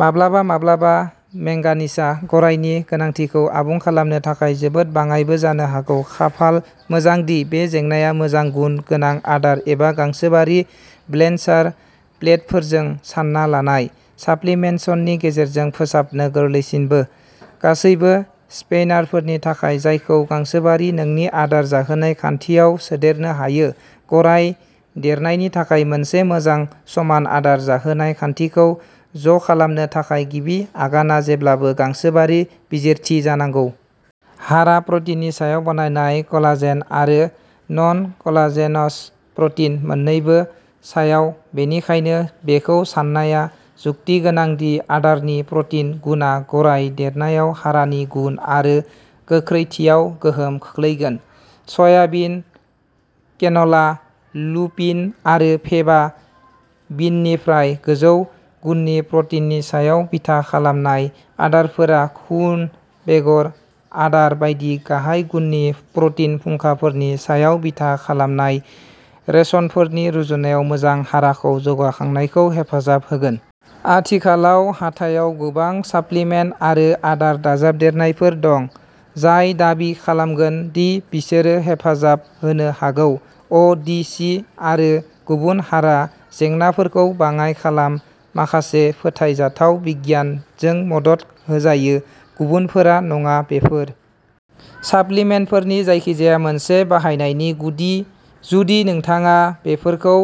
माब्लाबा-माब्लाबा मेंगानिजआ गरायनि गोनांथिखौ आबुं खालामनो थाखाय जोबोद बाङाइबो जानो हागौ। खाफाल मोजां दि बे जेंनाया मोजां गुन गोनां आदार एबा गांसोबारि बेलेन्सार प्लेटफोरजों सानना लानाय साप्लिमेन्टसननि गेजेरजों फोसाबनो गोरलैसिनबो। गासिबो स्प्यानारफोरनि थाखाय, जायखौ गांसोबारि नोंनि आदार जाहोनाय खान्थियाव सोदेरनो हायो, गराय देरनायनि थाखाय मोनसे मोजां समान आदार जाहोनाय खान्थिखौ ज' खालामनो थाखाय गिबि आगानआ जेब्लाबो गांसोबारि बिजिरथि जानांगौ। हारा प्रटिननि सायाव बानायनाय, कलाजेन आरो नन-कलाजेनास प्रटिन मोन्नैबो सायाव, बेनिखायनो बेखौ सान्नाया जुक्तिगोनां दि आदारनि प्रटिन गुनआ गराय देरनायाव हारानि गुन आरो गोख्रैथियाव गोहोम खोख्लैगोन। सयाबिन, केन'ला, लुपिन आरो फेबा बिननिफ्राय गोजौ गुननि प्रटिननि सायाव बिथा खालामनाय आदारफोरा खुन बेगर आदार बायदि गाहाय गुननि प्रटिन फुंखाफोरनि सायाव बिथा खालामनाय रेशनफोरनि रुजुनायाव मोजां हाराखौ जौगाखांनायखौ हेफाजाब होगोन। आथिखालाव हाथायाव गोबां साप्लिमेन्ट आरो आदार दाजाबदेरनायफोर दं, जाय दाबि खालामगोन दि बिसोरो हेफाजाब होनो हागौ। अ डि सि आरो गुबुन हारा जेंनाफोरखौ बाङाय खालाम माखासे फोथायजाथाव बिगियानजों मदद होजायो, गुबुनफोरा नङा। बेफोर साप्लिमेन्टफोरनि जायखिजाया मोनसे बाहायनायनि गुदि, जुदि नोंथाङा बेफोरखौ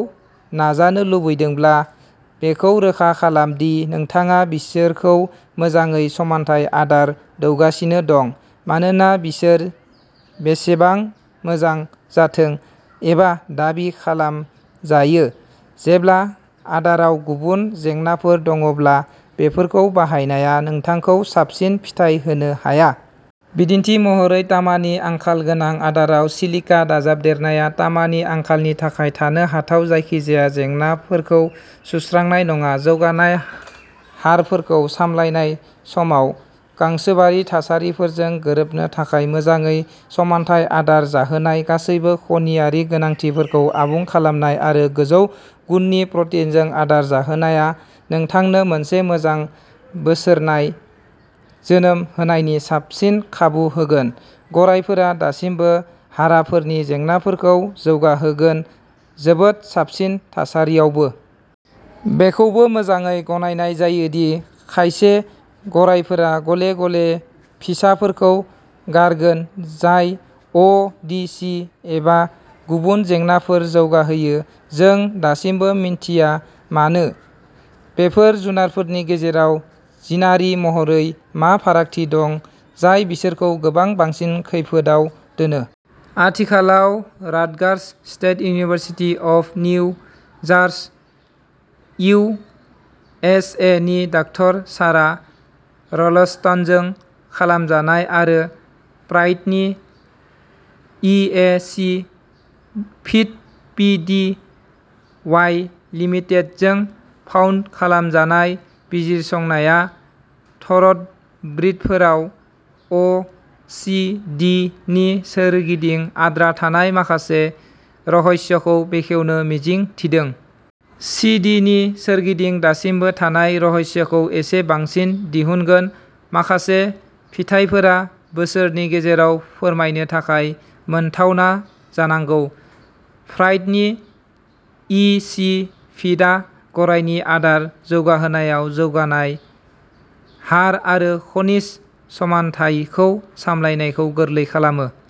नाजानो लुबैदोंब्ला, बेखौ रोखा खालाम दि नोंथाङा बिसोरखौ मोजाङै समानथाय आदार दौगासिनो दं, मानोना बिसोर बेसेबां मोजां जाथों एबा दाबि खालामजायो, जेब्ला आदाराव गुबुन जेंनाफोर दङ'ब्ला बेफोरखौ बाहायनाया नोंथांखौ साबसिन फिथाय होनो हाया। बिदिन्थि महरै, तामानि आंखाल गोनां आदाराव सिलिका दाजाबदेरनाया तामानि आंखालनि थाखाय थानो हाथाव जायखिजाया जेंनाफोरखौ सुस्रांनाय नङा। जौगानाय हारफोरखौ सामलायनाय समाव, गांसोबारि थासारिफोरजों गोरोबनो थाखाय मोजाङै समानथाय आदार जाहोनाय, गासैबो खनियारि गोनांथिफोरखौ आबुं खालामनाय आरो गोजौ गुननि प्रटिनजों आदार जाहोनायआ नोंथांनो मोनसे मोजां बोसोरनाय जोनोम होनायनि साबसिन खाबु होगोन, गरायफोरा दासिमबो हाराफोरनि जेंनाफोरखौ जौगाहोगोन, जोबोद साबसिन थासारियावबो। बेखौबो मोजाङै गनायनाय जायो दि खायसे गरायफोरा गले-गले फिसाफोरखौ गारगोन जाय अ डि सि एबा गुबुन जेंनाफोर जौगाहोयो। जों दासिमबो मिन्थिया मानो, बेफोर जुनारफोरनि गेजेराव जिनारि महरै मा फारागथि दं जाय बिसोरखौ गोबां बांसिन खैफोदआव दोनो? आथिखालाव Rutgers, State University of New Jersey U S A नि डाकटर सारा राल्स्टनजों खालाम जानाय आरो प्राइडनि E A C feed P T Y लिमिटेडजों फान्ड खालामजानाय बिजिरसंनाया थ'रद ब्रिदफोराव अ सि डि नि सोरगिदिं आद्रा थानाय माखासे रहस्यखौ बेखेवनो मिजिं थिदों। सि डि नि सोरगिदिं दासिमबो थानाय रहस्यखौ एसे बांसिन दिहुनगोन। माखासे फिथायफोरा बोसोरनि गेजेराव फोरमायनो थाखाय मोनथावना जानांगौ। प्राइडनि इ सि फिडआ गरायनि आदार जौगाहोनायाव जौगानाय हार आरो खनिज समानथायखौ सामलायनायखौ गोरलै खालामो।